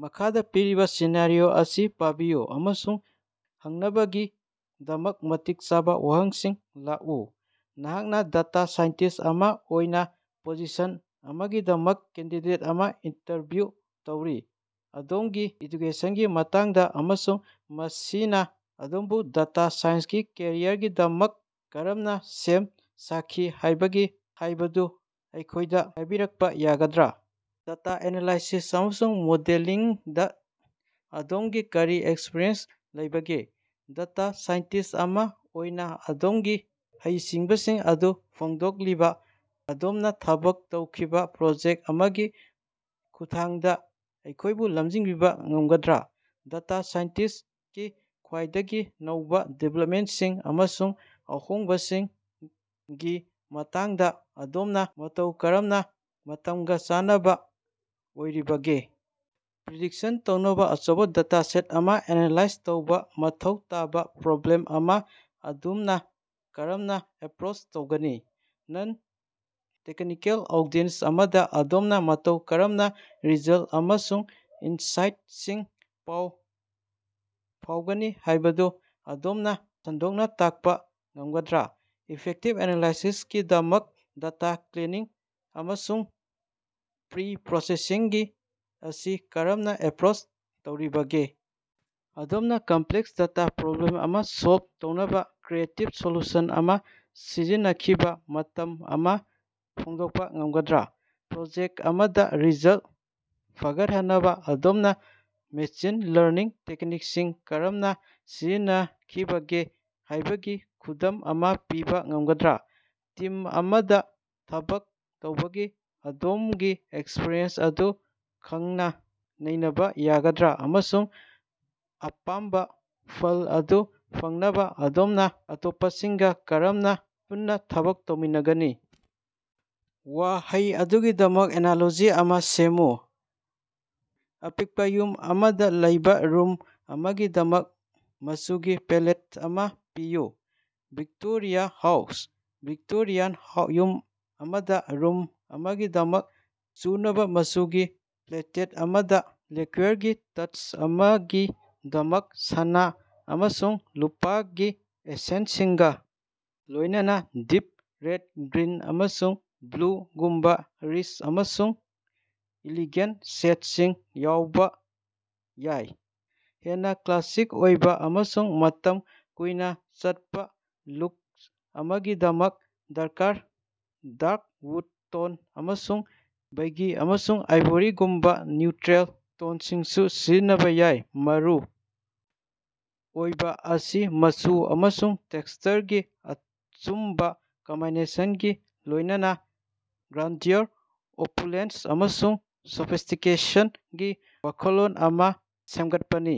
ꯃꯈꯥꯗ ꯄꯤꯔꯤꯕ ꯁꯤꯅꯥꯔꯤꯑꯣ ꯑꯁꯤ ꯄꯥꯕꯤꯌꯨ ꯑꯃꯁꯨꯡ ꯍꯪꯅꯕꯒꯤꯗꯃꯛ ꯃꯇꯤꯛ ꯆꯥꯕ ꯋꯥꯍꯪꯁꯤꯡ ꯂꯥꯛꯎ꯫ ꯅꯍꯥꯛꯅ ꯗꯦꯇꯥ ꯁꯥꯏꯟꯇꯤꯁ ꯑꯃ ꯑꯣꯏꯅ ꯄꯣꯖꯤꯁꯟ ꯑꯃꯒꯤꯗꯃꯛ ꯀꯦꯟꯗꯤꯗꯦꯠ ꯑꯃꯒ ꯏꯟꯇꯔꯚ꯭꯭ꯌꯨ ꯇꯧꯔꯤ꯫ ꯑꯗꯣꯝꯒꯤ ꯑꯦꯖꯨꯀꯦꯁꯟꯒꯤ ꯃꯇꯥꯡꯗ ꯑꯃꯁꯨꯡ ꯃꯁꯤꯅ ꯑꯗꯣꯝꯕꯨ ꯗꯦꯇꯥ ꯁꯥꯏꯟꯁꯀꯤ ꯀꯦꯔꯤꯌꯔꯒꯤꯗꯃꯛ ꯀꯔꯝꯅ ꯁꯦꯝ ꯁꯥꯈꯤꯕꯒꯦ ꯍꯥꯏꯕꯗꯨ ꯑꯩꯈꯣꯏꯗ ꯍꯥꯏꯕꯤꯔꯛꯄ ꯌꯥꯒꯗ꯭꯭ꯔꯥ? ꯗꯦꯇꯥ ꯑꯦꯅꯥꯂꯥꯏꯁꯤꯁ ꯑꯃꯁꯨꯡ ꯃꯣꯗꯦꯂꯤꯡꯗ ꯑꯗꯣꯝꯒꯤ ꯀꯔꯤ ꯑꯦꯛꯁ꯭ꯄꯔꯤꯌꯦꯟꯁ ꯂꯩꯕꯒꯦ? ꯗꯦꯇꯥ ꯁꯥꯏꯟꯇꯤꯁ ꯑꯃ ꯑꯣꯏꯅ ꯑꯗꯣꯝꯒꯤ ꯍꯩꯁꯤꯡꯕꯁꯤꯡ ꯑꯗꯨ ꯐꯣꯡꯗꯣꯛꯂꯤꯕ ꯑꯗꯣꯝꯅ ꯊꯕꯛ ꯇꯧꯈꯤꯕ ꯄ꯭ꯔꯣꯖꯦꯛꯇ ꯑꯃꯒꯤ ꯈꯨꯠꯊꯥꯡꯗ ꯑꯩꯈꯣꯌꯕꯨ ꯂꯝꯖꯤꯡꯕꯤꯕ ꯉꯝꯒꯗ꯭ꯔ? ꯗꯦꯇꯥ ꯁꯥꯏꯟꯁꯀꯤ ꯈ꯭ꯋꯥꯏꯗꯒꯤ ꯅꯧꯕ ꯗꯤꯕꯦꯂꯞꯃꯦꯟꯇꯁꯤꯡ ꯑꯃꯁꯨꯡ ꯑꯍꯣꯡꯕꯁꯤꯡꯒꯤ ꯃꯇꯥꯡꯗ ꯑꯗꯣꯝꯅ ꯃꯇꯧ ꯀꯔꯝꯅ ꯃꯇꯝꯒ ꯆꯥꯟꯅꯕ ꯑꯣꯏꯔꯤꯕꯒꯦ? ꯄ꯭꯭ꯔꯤꯗꯤꯛꯁꯟ ꯇꯧꯅꯕ ꯑꯆꯧꯕ ꯗꯦꯇꯥꯁꯦꯠ ꯑꯃ ꯑꯦꯅꯥꯂꯥꯏꯖ ꯇꯧꯕ ꯃꯊꯧ ꯇꯥꯕ ꯄ꯭ꯔꯣꯕ꯭ꯂꯦꯝ ꯑꯃ ꯑꯗꯣꯝꯅ ꯀꯔꯝꯅ ꯑꯦꯄ꯭ꯔꯣꯆ ꯇꯧꯒꯅꯤ? ꯅꯟ-ꯇꯦꯛꯅꯤꯀꯦꯜ ꯑꯣꯗꯤꯁꯟ ꯑꯃꯗ ꯑꯗꯣꯝꯅ ꯃꯇꯧ ꯀꯔꯝꯅ ꯔꯤꯖꯜꯠ ꯑꯃꯁꯨꯡ ꯏꯟꯁꯥꯏꯠꯁꯤꯡ ꯄꯥꯎ ꯐꯥꯎꯒꯅꯤ ꯍꯥꯏꯕꯗꯨ ꯑꯗꯣꯝꯅ ꯁꯟꯗꯣꯛꯅ ꯇꯥꯛꯄ ꯉꯝꯒꯗ꯭ꯔꯥ? ꯏꯐꯦꯛꯇꯤꯚ ꯑꯦꯅꯥꯂꯥꯏꯁꯤꯁꯀꯤꯗꯃꯛ ꯗꯦꯇꯥ ꯀ꯭꯭ꯂꯤꯅꯤꯡ ꯑꯃꯁꯨꯡ ꯄ꯭ꯔꯤ-ꯄ꯭꯭ꯔꯣꯁꯦꯁꯤꯡ ꯑꯁꯤ ꯀꯔꯝꯅ ꯑꯦꯄ꯭ꯔꯣꯆ ꯇꯧꯔꯤꯕꯒꯦ? ꯑꯗꯣꯝꯅ ꯀꯝꯄꯂꯦꯛꯁ ꯗꯦꯇꯥ ꯄꯔꯣꯕ꯭꯭ꯂꯦꯝ ꯑꯃ ꯁꯣꯜꯕ ꯇꯧꯅꯕ ꯀ꯭꯭ꯔꯤꯌꯦꯇꯤꯕ ꯁꯣꯂꯨꯁꯟ ꯑꯃ ꯁꯤꯖꯤꯟꯅꯈꯤꯕ ꯃꯇꯝ ꯑꯃ ꯐꯣꯡꯗꯣꯛꯄ ꯉꯝꯒꯗ꯭ꯔꯥ? ꯄ꯭꯭ꯔꯣꯖꯦꯛꯇ ꯑꯃꯗ ꯔꯤꯖꯜꯇ ꯐꯒꯠꯍꯟꯅꯕ ꯑꯗꯣꯝꯅ ꯃꯦꯁꯤꯟ ꯂꯥꯔꯅꯤꯡ ꯇꯦꯛꯅꯤꯛꯁꯤꯡ ꯀꯔꯝꯅ ꯁꯤꯖꯤꯟꯅꯈꯤꯕꯒꯦ ꯍꯥꯏꯕꯒꯤ ꯈꯨꯗꯝ ꯑꯃ ꯄꯤꯕ ꯉꯝꯒꯗ꯭ꯔ? ꯇꯤꯝ ꯑꯃꯗ ꯊꯕꯛ ꯇꯧꯕꯒꯤ ꯑꯗꯣꯝꯒꯤ ꯑꯦꯛꯁ꯭ꯄꯔꯤꯌꯦꯟꯁ ꯑꯗꯨ ꯈꯟꯅ-ꯅꯩꯅꯕ ꯌꯥꯒꯗ꯭꯭ꯔ, ꯑꯃꯁꯨꯡ ꯑꯄꯥꯝꯕ ꯐꯜ ꯑꯗꯨ ꯐꯪꯅꯕ ꯑꯗꯣꯝꯅ ꯑꯇꯣꯞꯄꯁꯤꯡꯒ ꯀꯔꯝꯅ ꯄꯨꯟꯅ ꯊꯕꯛ ꯇꯧꯃꯤꯟꯒꯅꯤ? ꯋꯥꯍꯩ ꯑꯗꯨꯒꯤꯗꯃꯛ ꯑꯦꯅꯥꯂꯣꯖꯤ ꯑꯃ ꯁꯦꯝꯃꯨ꯫ ꯑꯄꯤꯛꯄ ꯌꯨꯝ ꯑꯃꯗ ꯂꯩꯕ ꯔꯨꯝ ꯑꯃꯒꯤꯗꯃꯛ ꯃꯆꯨꯒꯤ ꯄꯦꯂꯦꯠ ꯑꯃ ꯄꯤꯌꯨ꯫ Victorian house. ꯚꯤꯛꯇꯣꯔꯤꯌꯥꯟ ꯌꯨꯝ ꯑꯃꯗ ꯔꯨꯝ ꯑꯃꯒꯤꯗꯃꯛ ꯆꯨꯅꯕ ꯃꯆꯨꯒꯤ ꯄꯦꯂꯦꯠ ꯑꯃꯗ ꯂꯛꯀꯔꯒꯤ ꯇꯆ ꯑꯃꯒꯤꯗꯃꯛ ꯁꯅꯥ ꯑꯃꯁꯨꯡ ꯂꯨꯄꯥꯒꯤ ꯑꯦꯀꯁꯦꯟꯠꯁꯤꯡꯒ ꯂꯣꯏꯅꯅ ꯗꯤꯞ ꯔꯦꯗ, ꯒ꯭꯭ꯔꯤꯟ, ꯑꯃꯁꯨꯡ ꯕ꯭꯭ꯂꯨꯒꯨꯝꯕ ꯔꯤꯆ ꯑꯃꯁꯨꯡ ꯏꯂꯤꯒꯦꯟꯇ ꯁꯦꯠꯁꯤꯡ ꯌꯥꯎꯕ ꯌꯥꯏ꯫ ꯍꯦꯟꯅ ꯀ꯭꯭ꯂꯥꯁꯤꯛ ꯑꯣꯏꯕ ꯑꯃꯁꯨꯡ ꯃꯇꯝ ꯀꯨꯏꯅ ꯆꯠꯄ ꯂꯨꯛ ꯑꯃꯒꯤꯗꯃꯛꯇ ꯗꯥ꯭ꯔꯛ ꯎꯗ ꯇꯣꯟꯁꯤꯡ ꯑꯃꯁꯨꯡ ꯕꯦꯖ ꯑꯃꯁꯨꯡ ꯑꯥꯏꯚꯔꯤꯒꯨꯝꯕ ꯅ꯭꯭ꯌꯨꯇꯔꯤꯜ ꯇꯣꯟꯁꯤꯡꯁꯨ ꯁꯤꯖꯤꯟꯅꯕ ꯌꯥꯏ꯫ ꯃꯔꯨ ꯑꯣꯏꯕ ꯑꯁꯤ ꯃꯆꯨ ꯑꯃꯁꯨꯡ ꯇꯦꯛꯁꯆꯔꯒꯤ ꯑꯆꯨꯝꯕ ꯀꯝꯕꯤꯅꯦꯁꯟꯒ ꯂꯣꯏꯅꯅ ꯒ꯭ꯔꯦꯟꯗꯔ, ꯑꯣꯄꯨꯂꯦꯟꯁ ꯑꯃꯁꯨꯡ ꯁꯣꯐꯤꯁ꯭ꯇꯤꯀꯦꯁꯟꯒꯤ ꯋꯥꯈꯜꯂꯣꯟ ꯑꯃ ꯁꯦꯝꯒꯠꯄꯅꯤ꯫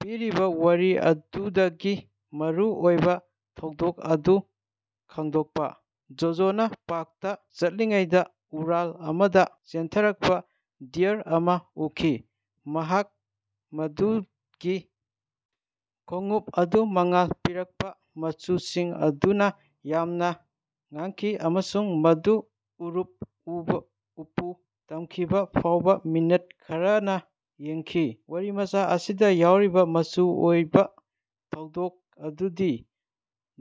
ꯄꯤꯔꯤꯕ ꯋꯥꯔꯤ ꯑꯗꯨꯗꯒꯤ ꯃꯔꯨꯑꯣꯏꯕ ꯊꯧꯗꯣꯛ ꯑꯗꯨ ꯈꯪꯗꯣꯛꯄ꯫ ꯖꯣꯖꯣꯅ ꯄꯥꯔꯛꯇ ꯆꯠꯂꯤꯉꯩꯗ ꯎꯄꯥꯜ ꯑꯃꯗ ꯆꯦꯟꯊꯔꯛꯄ ꯗ꯭ꯔꯒ ꯑꯃ ꯎꯈꯤ꯫ ꯃꯍꯥꯛ ꯃꯗꯨꯒꯤ ꯈꯣꯡꯎꯞ ꯑꯗꯨ ꯃꯉꯥꯜ ꯄꯤꯔꯛꯄ ꯃꯆꯨꯁꯤꯡ ꯑꯗꯨꯅ ꯌꯥꯝꯅ ꯉꯛꯈꯤ ꯑꯃꯁꯨꯡ ꯃꯗꯨ ꯎꯔꯦꯞ ꯎꯌꯨꯡ ꯇꯝꯈꯤꯕ ꯐꯥꯎꯕ ꯃꯤꯅꯤꯠ ꯈꯔꯅꯤ ꯌꯦꯡꯈꯤ꯫ ꯋꯥꯔꯤꯃꯆꯥ ꯑꯁꯤꯗ ꯌꯥꯎꯔꯤꯕ ꯃꯔꯨ ꯑꯣꯏꯕ ꯊꯧꯗꯣꯛ ꯑꯗꯨꯗꯤ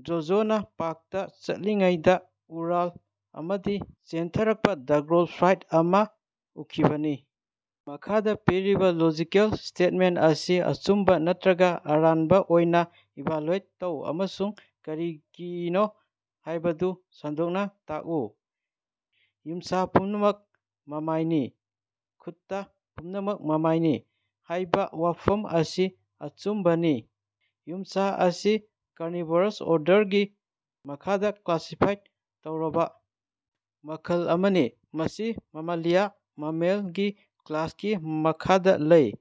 ꯖꯣꯖꯣꯅꯥ ꯄꯥꯔꯛꯇꯥ ꯆꯠꯂꯤꯉꯩꯗ ꯎꯄꯥꯜ ꯑꯃꯗ ꯆꯦꯟꯊꯔꯛꯄ ꯗ꯭ꯔꯒꯟꯐ꯭ꯂꯥꯏ ꯑꯃ ꯎꯈꯤꯕꯅꯤ꯫ ꯃꯈꯥꯗ ꯄꯤꯔꯤꯕ ꯂꯣꯖꯤꯀꯦꯜ ꯁ꯭ꯇꯦꯠꯃꯦꯟꯇ ꯑꯁꯤ ꯑꯆꯨꯝꯕ ꯅꯠꯇꯔꯒ ꯑꯔꯥꯟꯕ ꯑꯣꯏꯅ ꯏꯚꯥꯂ꯭ꯌꯨꯑꯦꯠ ꯇꯧ ꯑꯃꯁꯨꯡ ꯀꯔꯤꯒꯤꯅꯣ ꯍꯥꯏꯕꯗꯨ ꯁꯟꯗꯣꯛꯅ ꯇꯥꯛꯎ: ꯌꯨꯝꯁꯥ ꯄꯨꯝꯅꯃꯛ ꯃꯃꯥꯏꯅꯤ꯫ "ꯀꯨꯠꯇꯥ ꯄꯨꯝꯅꯃꯛ ꯃꯃꯥꯏꯅꯤ" ꯍꯥꯏꯕ ꯋꯥꯐꯝ ꯑꯁꯤ ꯑꯆꯨꯝꯕꯅꯤ꯫ ꯌꯨꯝꯁꯥ ꯑꯁꯤ ꯀꯥꯔꯅꯤꯚꯣꯔꯥ ꯑꯣꯔꯗꯔꯒꯤ ꯃꯈꯥꯗ ꯀ꯭꯭ꯂꯥꯁꯤꯐꯥꯏ ꯇꯧꯔꯕ ꯃꯈꯜ ꯑꯃꯅꯤ, ꯃꯁꯤ ꯃꯦꯃꯦꯂꯤꯌꯥ ꯃꯃꯥꯏꯒꯤ ꯀ꯭꯭ꯂꯥꯁꯀꯤ ꯃꯈꯥꯗ ꯂꯩꯔꯤ꯫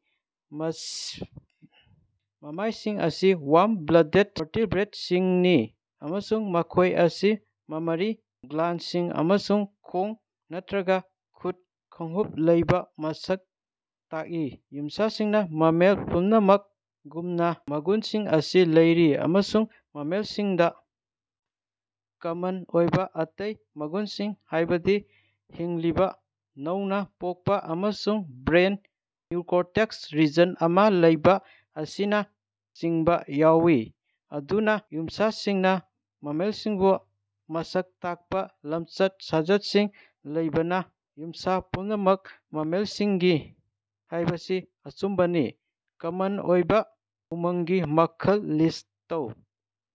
ꯃꯃꯥꯏꯁꯤꯡ ꯑꯁꯤ ꯋꯥꯔꯝ ꯕ꯭ꯂꯗ ꯚꯔꯇꯤꯕ꯭ꯔꯦꯠꯁꯤꯡꯅꯤ ꯑꯃꯁꯨꯡ ꯃꯈꯣꯏ ꯑꯁꯤ ꯃꯦꯃꯦꯔꯤ ꯒ꯭ꯜꯌꯥꯟꯗꯁꯤꯡ ꯑꯃꯁꯨꯡ ꯈꯣꯡ ꯅꯠꯇꯔꯒ ꯈꯣꯡꯎꯞ ꯂꯩꯕꯅ ꯃꯁꯛ ꯇꯥꯛꯏ꯫ ꯌꯝꯁꯥꯁꯤꯡꯅ, ꯃꯃꯥꯏ ꯄꯨꯝꯅꯃꯛꯒꯨꯝꯅ, ꯃꯒꯨꯟꯁꯤꯡ ꯑꯁꯤ ꯂꯩ ꯑꯃꯁꯨꯡ ꯃꯃꯥꯏꯁꯤꯡꯗ ꯀꯃꯟ ꯑꯣꯏꯕ ꯑꯇꯩ ꯃꯒꯨꯟꯁꯤꯡ, ꯍꯥꯏꯕꯗꯤ ꯍꯤꯡꯂꯤꯕ ꯅꯧꯅ ꯄꯣꯛꯄ ꯑꯃꯁꯨꯡ ꯕ꯭ꯔꯦꯟꯗ ꯅꯤꯑꯣꯀꯣꯔꯇꯦꯛꯁ ꯔꯤꯖꯟ ꯑꯃ ꯂꯩꯕ ꯑꯁꯤꯅꯆꯤꯡꯕꯥ ꯌꯥꯎꯏ꯫ ꯑꯗꯨꯅ, ꯌꯨꯝꯁꯥꯁꯤꯡꯅ ꯃꯃꯥꯏꯁꯤꯡꯕꯨ ꯃꯁꯛ ꯇꯥꯛꯄ ꯂꯝꯆꯠ-ꯁꯥꯖꯠꯁꯤꯡ ꯂꯩꯕꯅ, ꯌꯨꯝꯁꯥ ꯄꯨꯝꯅꯃꯛ ꯃꯃꯥꯏꯁꯤꯡꯅꯤ ꯍꯥꯏꯕꯁꯤ ꯑꯆꯨꯝꯕꯅꯤ꯫ ꯀꯃꯟ ꯑꯣꯏꯕ ꯎꯃꯪꯒꯤ ꯃꯈꯜ ꯃꯉꯥ ꯂꯤꯁ꯭ꯠ ꯇꯧ꯫